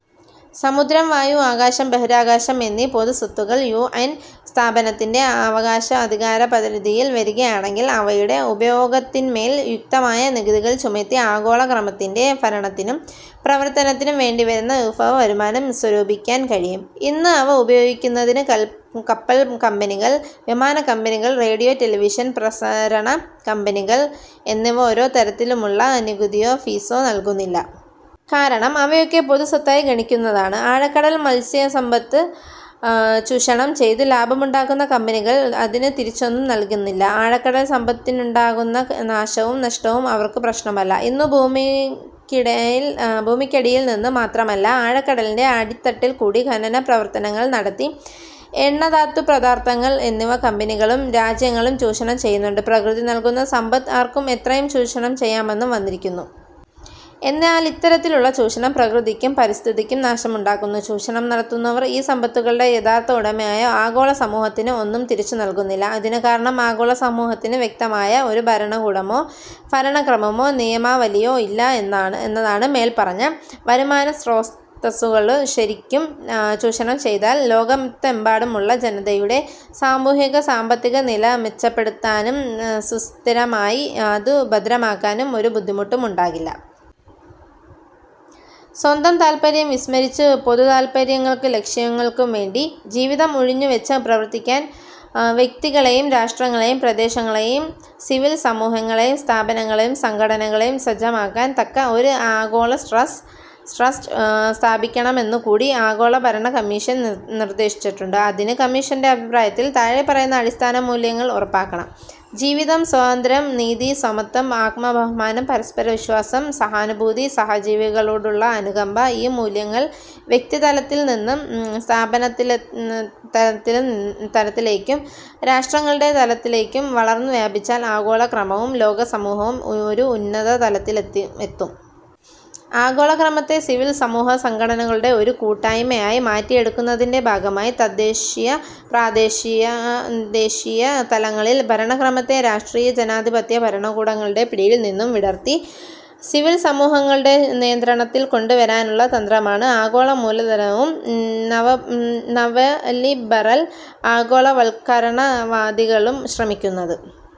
സമുദ്രം, വായു, ആകാശം, ബഹിരാകാശം എന്നീ പൊതുസ്വത്തുകൾ യു. എൻ. സ്ഥാപനത്തിന്റെ അവകാശ അധികാരപരിധിയിൽ വരികയാണെങ്കിൽ അവയുടെ ഉപയോഗത്തിന്മേൽ യുക്തമായ നികുതികൾ ചുമത്തി ആഗോളക്രമത്തിന്റെ ഭരണത്തിനും പ്രവർത്തനത്തിനും വേണ്ടിവരുന്ന വിഭവവരുമാനം സ്വരൂപിക്കാൻ കഴിയും. ഇന്ന് അവ ഉപയോഗിക്കുന്നതിനു കപ്പൽകമ്പനികൾ, വിമാനകമ്പനികൾ, റേഡിയോ-ടെലിവിഷൻ പ്രസരണകമ്പനികൾ എന്നിവ ഒരു തരത്തിലുമുള്ള നികുതിയോ, ഫീസോ നൽകുന്നില്ല. കാരണം, അവയൊക്കെ പൊതുസ്വത്തായി ഗണിക്കുന്നതാണ്. ആഴക്കടൽ മത്സ്യസമ്പത്തു ചൂഷണം ചെയ്തു ലാഭമുണ്ടാക്കുന്ന കമ്പനികൾ അതിനു തിരിച്ചൊന്നും നൽകുന്നില്ല. ആഴക്കടൽ സമ്പത്തിനുണ്ടാകുന്ന നാശവും നഷ്ടവും അവർക്കു പ്രശ്നമല്ല. ഇന്നു ഭൂമിക്കടിയിൽനിന്നു മാത്രമല്ല ആഴക്കടലിന്റെ അടിത്തട്ടിൽകൂടി ഖനനപ്രവർത്തനങ്ങൾ നടത്തി എണ്ണധാതുപദാർഥങ്ങൾ എന്നിവ കമ്പനികളും രാജ്യങ്ങളും ചൂഷണം ചെയ്യുന്നുണ്ട്. പ്രകൃതി നൽകുന്ന സമ്പത്ത് ആർക്കും എത്രയും ചൂഷണം ചെയ്യാമെന്ന് വന്നിരിക്കുകയാണ്. എന്നാലിത്തരത്തിലുള്ള ചൂഷണം പ്രകൃതിക്കും, പരിസ്ഥിതിക്കും നാശം ഉണ്ടാക്കുന്നു. ചൂഷണം നടത്തുന്നവർ ഈ സമ്പത്തുകളുടെ യഥാർഥ ഉടമയായ ആഗോളസമൂഹത്തിന് ഒന്നും തിരിച്ചുനൽകുന്നില്ല. ഇതിനുകാരണം ആഗോളസമൂഹത്തിനു വ്യക്തമായ ഒരു ഭരണകൂടമോ ഭരണക്രമമോ നിയമാവലിയോ ഇല്ല എന്നതാണ്. മേൽപ്പറഞ്ഞ വരുമാനസ്രോതസ്സുകൾ ശരിക്കും ചൂഷണം ചെയ്താൽ ലോകത്തെമ്പാടുമുള്ള ജനതയുടെ സാമൂഹിക-സാമ്പത്തികനില മെച്ചപ്പെടുത്താനും സുസ്ഥിരമായി അതു ഭദ്രമാക്കാനും ഒരു ബുദ്ധിമുട്ടും ഉണ്ടാകില്ല. സ്വന്തം താത്പര്യം വിസ്മരിച്ചു പൊതുതാത്പര്യങ്ങൾക്കും ലക്ഷ്യങ്ങൾക്കുംവേണ്ടി ജീവിതം ഉഴിഞ്ഞുവച്ചു പ്രവർത്തിക്കാൻ വ്യക്തികളെയും രാഷ്ട്രങ്ങളെയും പ്രദേശങ്ങളെയും സിവിൽസമൂഹങ്ങളെയും സ്ഥാപനങ്ങളെയും സംഘടനകളെയും സജ്ജമാക്കാൻ തക്ക ഒരു ആഗോളട്രസ്റ്റ് സ്ഥാപിക്കണമെന്നുകൂടി ആഗോളഭരണകമ്മീഷൻ നിർദ്ദേശിച്ചിട്ടുണ്ട്. അതിനു കമ്മീഷന്റെ അഭിപ്രായത്തിൽ താഴെപ്പറയുന്ന അടിസ്ഥാനമൂല്യങ്ങൾ ഉറപ്പാക്കണം: "ജീവിതം, സ്വാതന്ത്ര്യം, നീതി, സമത്വം, ആത്മബഹുമാനം, പരസ്പരവിശ്വാസം, സഹാനുഭൂതി സഹജീവികളോടുള്ള അനുകമ്പ ഈ മൂല്യങ്ങൾ വ്യക്തിതലത്തിൽനിന്നും സ്ഥാപനതലത്തിലേക്കും രാഷ്ട്രങ്ങളുടെ തലത്തിലേക്കും വളർന്നു വ്യാപിച്ചാൽ ആഗോളക്രമവും ലോകസമൂഹവും ഒരു ഉന്നതതലത്തിലെത്തും. ആഗോളക്രമത്തെ സിവിൽസമൂഹസംഘടനകളുടെ ഒരു കൂട്ടായ്മയായി മാറ്റിയെടുക്കുന്നതിന്റെ ഭാഗമായി തദ്ദേശീയ-പ്രാദേശിക-ദേശീയ തലങ്ങളിൽ ഭരണക്രമത്തെ രാഷ്ട്രീയജനാധിപത്യ ഭരണകൂടങ്ങളുടെ പിടിയിൽനിന്നും വിടർത്തി സിവിൽ സമൂഹങ്ങളുടെ നിയന്ത്രണത്തിൽ കൊണ്ടുവരാനുള്ള തന്ത്രമാണ് ആഗോളമൂലധനവും നവലിബറൽ ആഗോളവത്കരണവാദികളും ശ്രമിക്കുന്നത്.